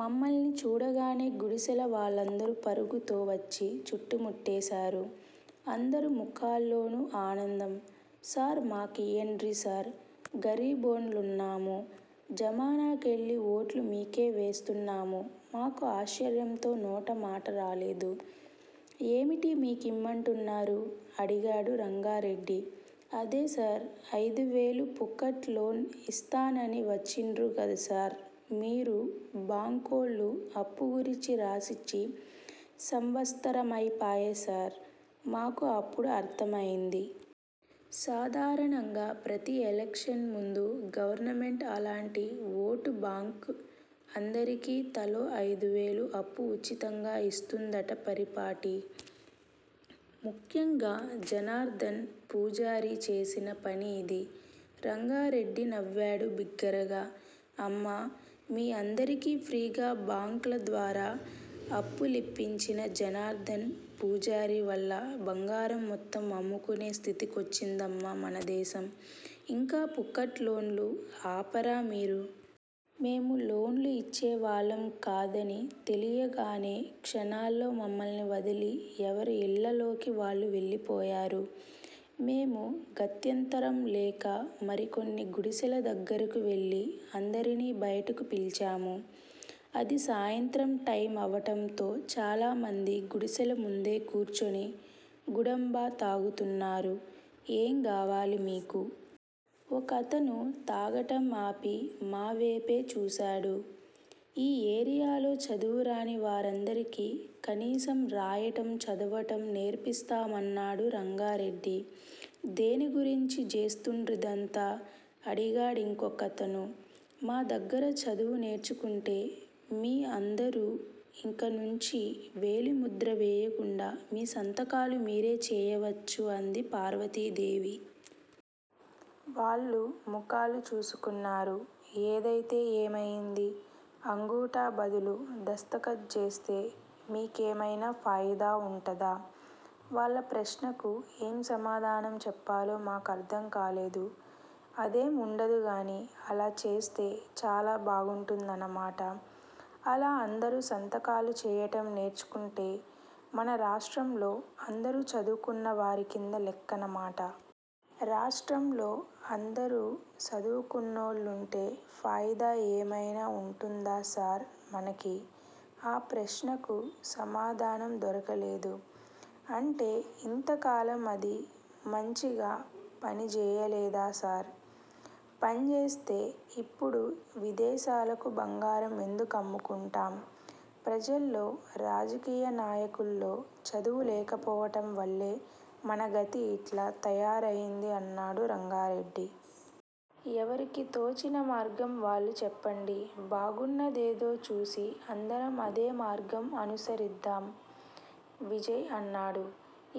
మమ్మల్ని చూడగానే గుడిశెల వాళ్ళందరూ పరుగుతో వచ్చి చుట్టుముట్టేశారు. అందరి ముఖాల్లోనూ ఆనందం. సార్! మాకియ్యండ్రిసార్! గరీబోండ్లున్నాము జమానా కెళ్ళి ఓట్లు మీకే వేస్తున్నాము మాకు ఆశ్చర్యంతో నోటమాటరాలేదు. ఏమిటీ మీ కిమ్మంటున్నారు అడిగాడు రంగారెడ్డి. అదేసార్! ఐదువేలు పుక్కట్ లోన్ ఇస్తనికి వచ్చిన్రు గద్సార్ మీరు- బాంకోళ్ళకు అప్పు గురించి రాసిచ్చి సంవత్సరమైపాయె సార్- మాకు అప్పుడు అర్థమైంది. సాధారణంగా ప్రతి ఎలక్షన్ ముందూ గవర్నమెంట్ అలాంటి ఓటు బాంక్ అందరికీ తలో ఐదువేలు అప్పు ఉచితంగా ఇస్తూండటం పరిపాటి. ముఖ్యంగా జనార్ధన్ పూజారి చేసిన పని ఇది. రంగారెడ్డి నవ్వాడు బిగ్గరగా! అమ్మా! మీ అందరికీ ఫ్రీగా బాంక్ ల ద్వారా అప్పులిప్పించిన జనార్ధన్ పూజారి వల్ల బంగారం మొత్తం అమ్ముకునే స్థితికొచ్చిందమ్మా మనదేశం- ఇంకా పుక్కట్ లోన్లు ఆపరా మీరు? మేము లోన్ ళు ఇచ్చేవాళ్ళం కాదని తెలీయగానే క్షణాల్లో మమ్మల్ని వదిలి ఎవరి ఇళ్ళలోకి వాళ్ళు వెళ్ళిపోయారు. మేము గత్యంతరం లేక మరికొన్ని గుడిశెల దగ్గరకు వెళ్ళి అందరినీ బయటకు పిలిచాము. అది సాయంత్రం టైమవటంతో చాలామంది గుడిసెల ముందే కూర్చుని గుడంబా తాగుతున్నారు. ఏం గావాలి మీకు? ఒకతను తాగటం ఆపి మావేపు చూశాడు. ఈ ఏరియాలో చదువురాని వారందరికీ కనీసం రాయటం, చదవటం నేర్పిస్తాం అన్నాడు రంగారెడ్డి. దేన్ని గురించి జేస్తున్రిదంతా? అడిగాడింకొకతను. మా దగ్గర చదువు నేర్చుకుంటే మీ అందరూ ఇకనుంచి వేలి ముద్ర వేయకుండా మీ సంతకాలు మీరే చేయవచ్చు అంది పార్వతీదేవి. వాళ్ళు ముఖాలు చూసుకున్నారు. ఏదైతే ఏమయింది? అంగూఠా బదులు దస్తఖత్ జేస్తే మీకేమైనా ఫాయిదా ఉంటదా? వాళ్ళ ప్రశ్నకు ఏం సమాధానం చెప్పాలో మాకు అర్థం కాలేదు. అదేం వుండదుగానీ- అలా చేస్తే చాలా బాగుంటుందన్నమాట! అలా అందరూ సంతకాలు చేయటం నేర్చుకుంటే మన రాష్ట్రంలో అందరూ చదువుకున్న వారికింద లెక్కన్నమాట. రాష్ట్రంలో అందరూ సదువుకున్నోళ్ళుంటే ఫాయిదా ఏమైనా వుంటుందా సార్ మనకి? ఆ ప్రశ్నకు నాకు సమాధానం దొరకలేదు. అంటే ఇంతకాలం అది మంచిగ పని జేయలేదా సార్? పన్జేస్తే ఇప్పుడు విదేశాలకు బంగారం ఎందుకమ్ముకుంటాం? ప్రజల్లో, రాజకీయ నాయకుల్లో చదువు లేకపోవటం వల్లే మన గతి ఇట్ల తయారయింది అన్నాడు రంగారెడ్డి. ఎవరికీ తోచినమార్గం వాళ్ళు చెప్పండి బాగున్నాదేదో చూసి అందరం అదే మార్గం అనుసరిద్దాం. విజయ్ అన్నాడు.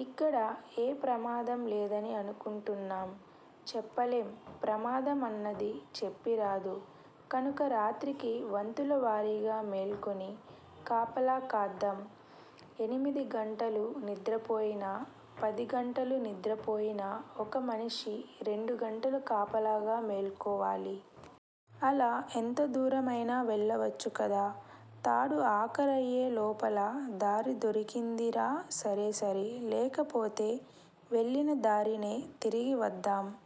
ఇక్కడ ఏ ప్రమాదంలేదని అనుకుంటున్నాం. చెప్పలేం ప్రమాద మన్నది చెప్పిరాదు. కనుక రాత్రికి వంతులవారీగా మేల్కొని కాపలా కాద్దాం ఎనిమిదిగంటలు నిద్రపోయినా పదిగంటలు నిద్రపోయినా ఒక మనిషి రెండు గంటలు కాపలాగా మేల్కోవాలి. అలా ఎంతదూరమైనా వెళ్ళవచ్చు కదా! తాడు ఆఖరయ్యే లోపల దారిదొరికిందిరా సరేసరి లేకపోతె వెళ్ళిన దారినే తిరిగి వద్దాం.